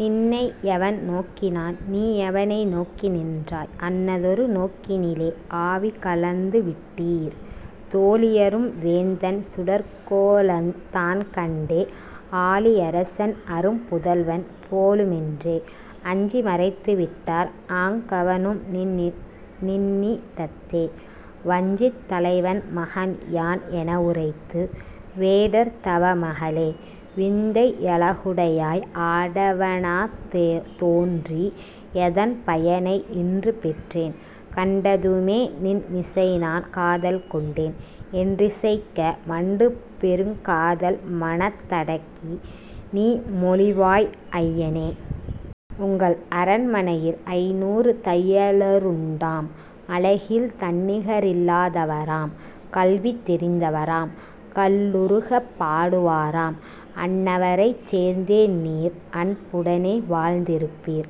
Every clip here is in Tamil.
நின்னையவன் நோக்கினான்; நீயவனை நோக்கி நின்றாய்; அன்னதொரு நோக்கினிலே ஆவி கலந்துவிட்டீர். தோழியரும் வேந்தன் சுடர்க்கோலந் தான்கண்டே ஆழியரசன் அரும்புதல்வன் போலு மென்றே அஞ்சி மறைத்து விட்டார். ஆங்கவனும் நின்னிடத்தே. ''வஞ்சித் தலைவன் மகன்யான்'' எனவுரைத்து, ''வேடர் தவமகளே! விந்தை யழகுடையாய்! ஆடவனாத் தோன்றி யதன்பயனை இன்று பெற்றேன்; கண்டதுமே நின்மிசைநான் காதல்கொண்டேன்'' என்றிசைக்க, மண்டு பெருங்காதல் மனத்தடக்கி நீ மொழிவாய்; ''ஐயனே! உங்கள் அரமனையில் ஐந்நூறு தையலருண் டாம்; அழகில் தன்னிகரில் லாதவராம்; கல்வி தெரிந்தவராம்; கல்லுருகப் பாடுவராம்; அன்னவரைச் சேர்ந்தே நீர் அன்புடனே வாழ்ந்திருப்பீர்,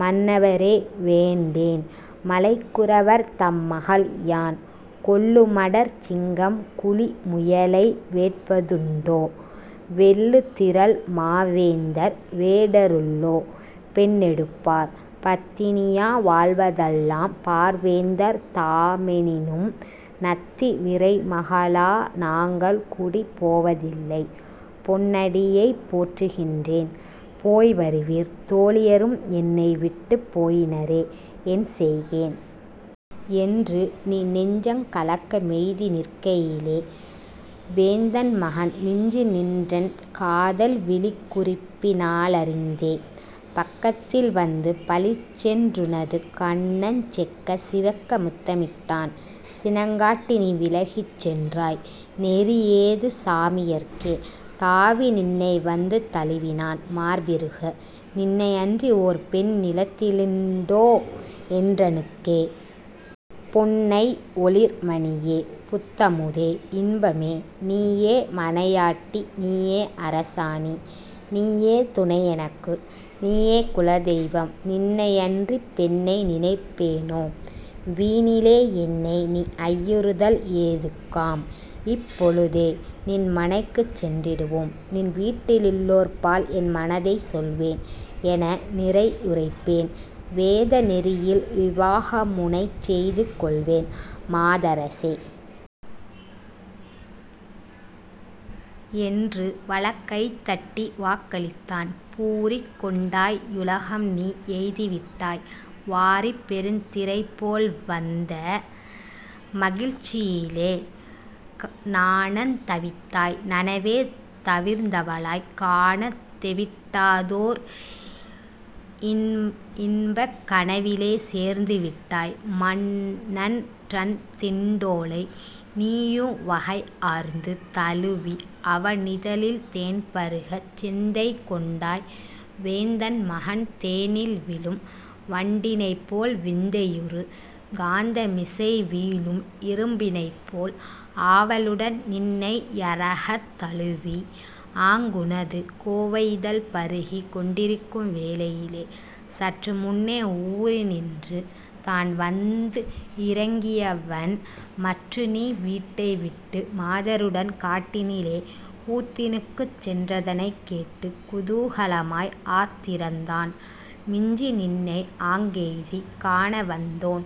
மன்னவரே வேண்டேன், மலைக்குறவர் தம்மகள்யான்; கொல்லு மடற்சிங்கம் குழிமுயலை வேட்பதுண்டோ? வெல்லுதிறல்மாவேந்தர் வேடருள்ளோ பெண்ணெடுப்பார்? பத்தினியா வாழ்வதல்லாம் பார்வேந்தர் தாமெனினும் நத்தி விரைமகளா நாங்கள்குடி போவதில்லை, பொன்னடியைப் போற்றுகின்றேன், போய் வருவீர் தோழியரும் என்னைவிட்டுப் போயினரே, என்செய்கேன்? '' என்று நீ நெஞ்சங் கலக்கமெய்தி நிற்கையிலே, வேந்தன் மகன் மிஞ்சுநின்றன் காதல் விழிக்குறிப்பி னாலறிந்தே,। பக்கத்தில் வந்து பளிச்சென் றுனது கன்னஞ் செக்கச் சிவக்க முத்தமிட்டான் சினங்காட்டி நீ விலகிச் சென்றாய் நெறியேது சாமியர்க்கே? தாவி நின்னைவந்து தழுவினான் மார்பிறுக. ''நின்னையன்றி ஓர் பெண் நிலத்திலுண்டோ என்றனுக்கே? பொன்னை, ஒளிர்மணியே. புத்தமுதே, இன்பமே, நீயே மனையாட்டி, நீயே அரசாணி, நீயே துணை எனக்கு. நீயே குலதெய்வம். நின்னையன்றிப் பெண்ணை, நினைப்பேனொ; வீணிலே என்னை நீ ஐயுறுதல் ஏதுக்காம்? இப்பொழுதே நின்மனைக்குச் சென்றிடுவோம்; நின்வீட்டி லுள்ளோர்பால் என்மனதைச் சொல்வேன். எனதுநிரை யுரைப்பேன். வேத நெறியில் விவாகமுனைச் செய்துகொள்வேன், மாதரசே! '' என்று வலக் கைதட்டி வாக்களித்தான். பூரிப்புக் கொண்டாய் புளகம்நீ எய்திவிட்டாய். வாரிப் பெருந்திரைபோல் வந்த மகிழ்ச்சியிலே நாணந் தவிர்த்தாய்; நனவே தவிர்ந்தவளாய், காணத் தெவிட்டாதோர் இன்பக் கனவிலே சேர்ந்துவிட்டாய், மன்னன்றன் திண்டோ ளை நீயுவகை ஆர்ந்து தழுவி அவனிதழில் தேன்பருகச் சிந்தை கொண்டாய், வேந்தன் மகன், தேனில் விழும் வண்டினைப்போல் விந்தையுறு காந்தமிசை வீழும் இரும்பினைப்போல், ஆவலுடன் நின்னை யறக்தழுவி, ஆங்குனது கோவை யிதழ்பருகிக் கொண்டிருக்கும் வேளையிலே, சற்றுமுன்னே ஊரினின்று தான்வந் திறங்கியவன், மற்றுநீ வீட்டைவிட்டு மாதருடன் காட்டினிலே கூத்தினுக்குச் சென்றதனைக் கேட்டு குதூகலமாய் ஆத்திரந்தான் மிஞ்சிநின்னை ஆங்கெய்திக் காணவந்தோன்,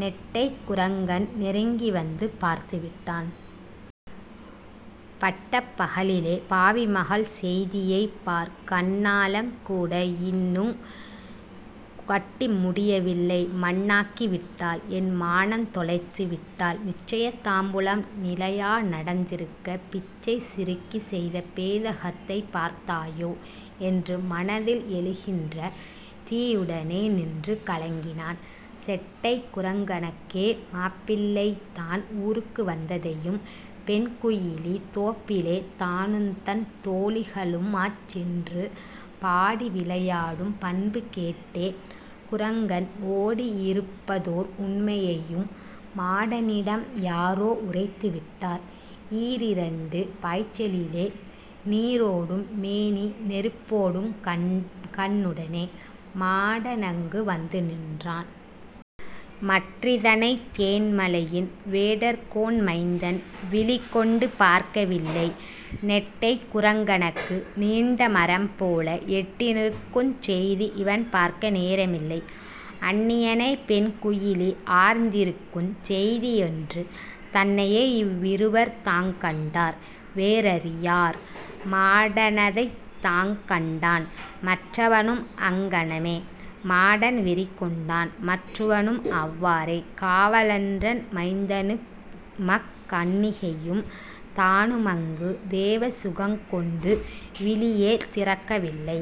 நெட்டைக் குரங்கன் நெருங்கிவந்து பார்த்து விட்டான். ''பட்டப் பகலிலே! பாவிமகள் செய்தியைப் பார்! கண்ணாலங் கூடஇன்னுங் கட்டி முடியவில்லை மண்ணாக்கி விட்டாள்! என்மானந்தொலைத்துவிட்டாள். 'நிச்சய தாம்பூலம்' நிலையா நட ந்திருக்கப் பிச்சைச் சிறுக்கி செய்த பேதகத்தைப் பார்த்தாயோ? '' என்று மனதில் எழுகின்ற தீயுடனே நின்று கலங்கினான் செட்டைக் குரங்கனங்கே மாப்பிள்ளைதான் ஊருக்கு வந்ததையும், பெண்குயிலி, தோப்பிலே தானுந்தன் தோழிகளு மாச்சென்று பாடி விளையாடும் பண்புகேட் டேகுரங்கன் ஓடி யிருப்பதோர் உண்மையையும் மாடனிடம் யாரோ உரைத்துவிட்டார்: ஈரிரண்டு பாய்ச்சலிலே நீரோடும் மேனி நெருப்போடுங் கண்ணுடனே மாடனங்கு வந்துநின்றான். மற்றிதனைத் தேன்மலையின் வேடர்கோன் மைந்தன் விழிகொண்டு பார்க்கவில்லை. நெட்டைக் குரங்கனங்கு நீண்ட மரம்போல எட்டிநிற்குஞ் செய்தி இவன்பார்க்க நேரமில்லை. அன்னியனைப் பெண்குயிலி ஆர்ந்திருக்குஞ் செய்தியொன்று தன்னையே இவ்விருவர் தாங்கண்டார், வேறறியார். மாடனதைத் தான்கண்டான், மற்றவனும் அங்ஙனமே. மாடன் வெறிகொண்டான், மற்றுவனும் அவ்வாறே. காவலன்றன் மைந்தனுமக் கன்னிகையும் தானுமங்கு தேவசுகங் கொண்டு விழியே திறக்கவில்லை.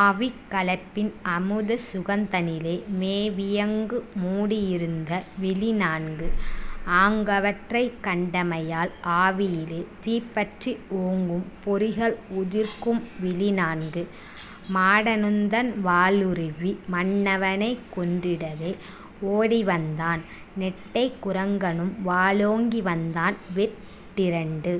ஆவிக் கலப்பின் அமுத சுகந்தனிலே மேவியங்கு மூடி யிருந்த விழிநான்கு ஆங்கவற்றைக் கண்டமையால் ஆவியிலே தீப்பற்றி ஓங்கும் பொறிகள் உதிர்க்கும் விழிநான்கு. மாடனுந்தன் வாளுருவி மன்னவனைக் கொன்றிடவே ஓடிவந்தான்; நெட்டைக் குரங்கனும் வாளோங்கி வந்தான்; வெட்டிரண்டு